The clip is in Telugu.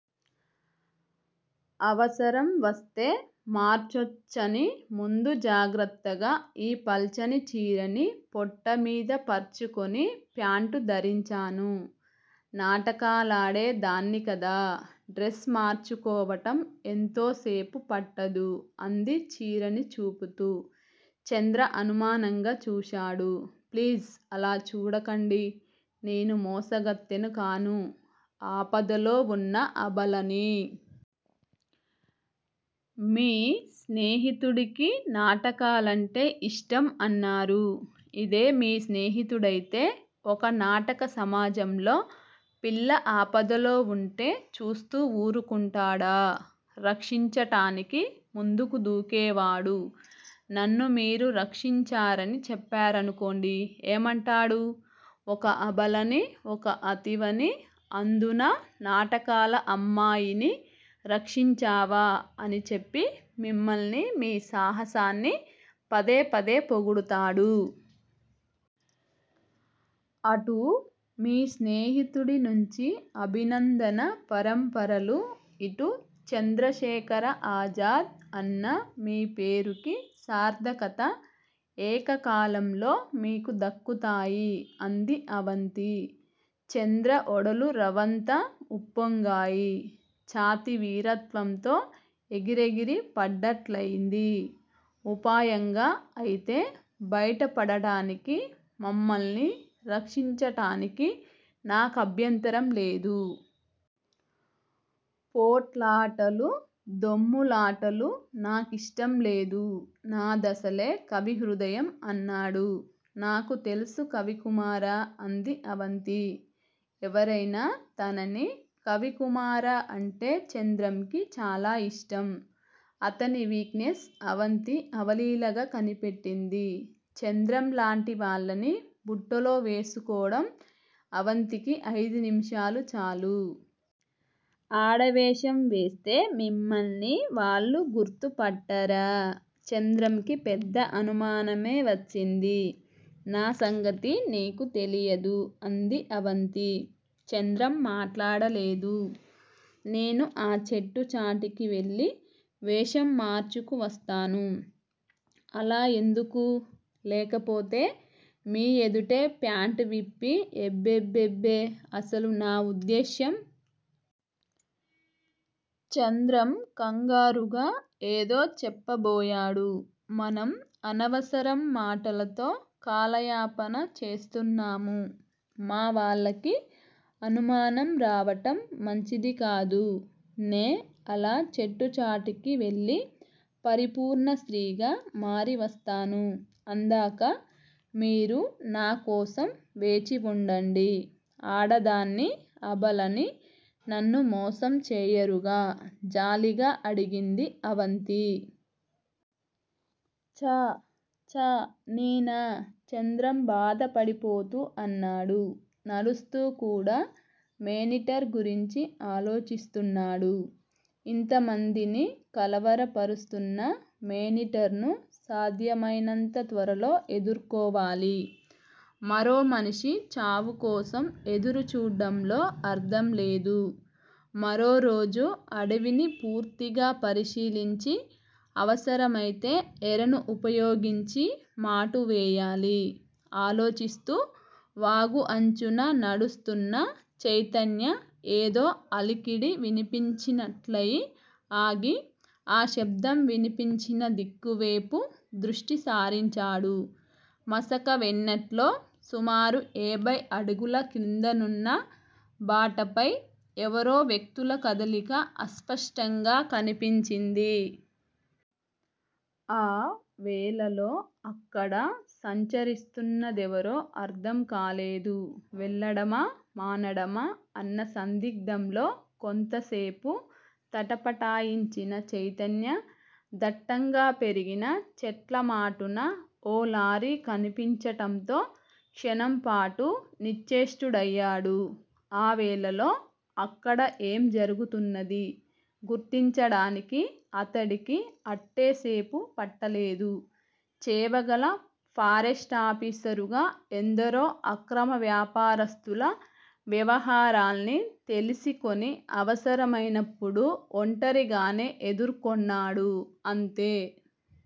అవసరం వస్తే మార్చొచ్చని ముందు జాగ్రత్తగా ఈ పల్చని చీరని పొట్టమీద పర్చుకొని ప్యాంటు ధరించాను. నాటకాలాడే దాన్ని కదా! డ్రస్ మార్చుకోవటం ఎంతోసేపు పట్టదు అంది చీరని చూపుతూ. చంద్ర అనుమానంగా చూశాడు. ప్లీజ్ అలా చూడకండి. నేను మోసగత్తెను కాను. ఆపదలో వున్న అబలని. మీ స్నేహితుడికి నాటకాలంటే యిష్టం అన్నారు. ఇదే మీ స్నేహితుడైతే ఒక నాటక సమాజంలో పిల్ల ఆపదలో వుంటే చూస్తూ వూరుకుంటాడా? రక్షించటానికి ముందుకు దూకేవాడు, నన్నుమీరు రక్షించారని చెప్పారనుకోండి. ఏమంటాడు? ఒక అబలని ఒక అతివని అందునా నాటకాల అమ్మాయిని రక్షించావా అని చెప్పి మిమ్మల్ని మీ సాహసాన్ని పదే పదే పొగుడుతాడు. అటు మీ స్నేహితుడి నుంచి అభినందన పరంపరలు ఇటు చంద్రశేఖర ఆజాద్ అన్న మీ పేరుకి సార్ధకత ఏకకాలంలో మీకు దక్కుతాయి అంది అవంతి. చంద్ర ఒడలు రవంత ఉప్పొంగాయి. ఛాతీ వీరత్వంతో ఎగిరెగిరి పడ్డట్లయింది. ఉపాయంగా అయితే బైట పడటానికి మమ్మల్ని రక్షించటానికి నాకభ్యంతరం లేదు. పోట్లాటలు దొమ్ములాటలు నా కిష్టం లేదు. నా దసలే కవి హృదయం అన్నాడు. నాకు తెలుసు కవికుమారా అంది అవంతి. ఎవరైనా తనని కవికుమారా అంటే చంద్రంకి చాలా యిష్టం. అతని వీక్ నెస్ అవంతి అవలీలగా కనిపెట్టింది. చంద్రంలాంటి వాళ్ళని బుట్టలో వేసుకోడం అవంతికి అయిదు నిమిషాలు చాలు. ఆడవేషం వేస్తే మిమ్మల్ని వాళ్ళు గుర్తుపట్టరా? చంద్రంకి పెద్ద అనుమానమే వచ్చింది. నా సంగతి నీకు తెలియదు అంది అవంతి. చంద్రం మాట్లాడలేదు. నేను ఆ చెట్టుచాటుకి వెళ్ళి వేషం మార్చుకు వస్తాను. అలా ఎందుకు? లేకపోతే మీ ఎదుటే ప్యాంటు విప్పి ఎబ్బెబ్బెబ్బె అసలు నా వుద్దేశ్యం! చంద్రం కంగారుగా ఏదో చెప్పబోయాడు. మనం అనవసరం మాటలతో కాలయాపన చేస్తున్నాము. మా వాళ్ళకి అనుమానం రావటం మంచిదికాదు. నే అలా చెట్టుచాటుకి వెళ్ళి పరిపూర్ణ స్త్రీగా మారి వస్తాను. అందాకా మీరు నాకోసం వేచి వుండండి. ఆడదాన్ని అబలని నన్ను మోసం చేయరుగా? జాలిగా అడిగింది అవంతి. ఛా ఛా నేనా! చంద్రం బాధపడిపోతూ అన్నాడు. నడుస్తూకూడా మేనీటర్ గురించి ఆలోచిస్తున్నాడు. ఇంతమందిని కలవర పరుస్తున్న మేనీటర్ ను సాధ్యమయినంత త్వరలో ఎదుర్కోవాలి. మరో మనిషి చావుకోసం ఎదురుచూడ్డంలో అర్ధంలేదు. మరోరోజు అడవిని పూర్తిగా పరిశీలించి, అవసరమయితే ఎరను ఉపయోగించి మాటు వేయాలి. ఆలోచిస్తూ వాగు అంచున నడుస్తున్న చైతన్య ఏదో అలికిడి వినిపించినట్లయి ఆగి, ఆ శబ్దం వినిపించిన దిక్కువేపు దృష్టి సారించాడు మసక వెన్నెట్లో సుమారు ఏభై అడుగుల కిందనున్న బాటపై యెవరో వ్యక్తుల కదలిక అస్పష్టంగా కనిపించింది. ఆ వేళలో అక్కడ సంచరిస్తున్న దెవరో అర్ధం కాలేదు. వెళ్ళడమా, మానడమా అన్న సందిగ్ధంలో కొంతసేపు తటపటాయించిన చైతన్య దట్టంగా పెరిగిన చెట్లమాటున ఓ లారీ కనిపించటంతో క్షణంపాటు నిశ్చేష్టుడయ్యాడు. ఆ వేళలో అక్కడ ఏం జరుగుతున్నదీ గుర్తించడానికి అతడికి అట్టేసేపు పట్టలేదు. చేవగల ఫారెస్టాఫీసరుగా ఎందరో అక్రమ వ్యాపారస్తుల వ్యవహారాల్ని తెలిసికొని అవసరమైనప్పుడు ఒంటరిగానే ఎదుర్కొన్నాడు. అంతే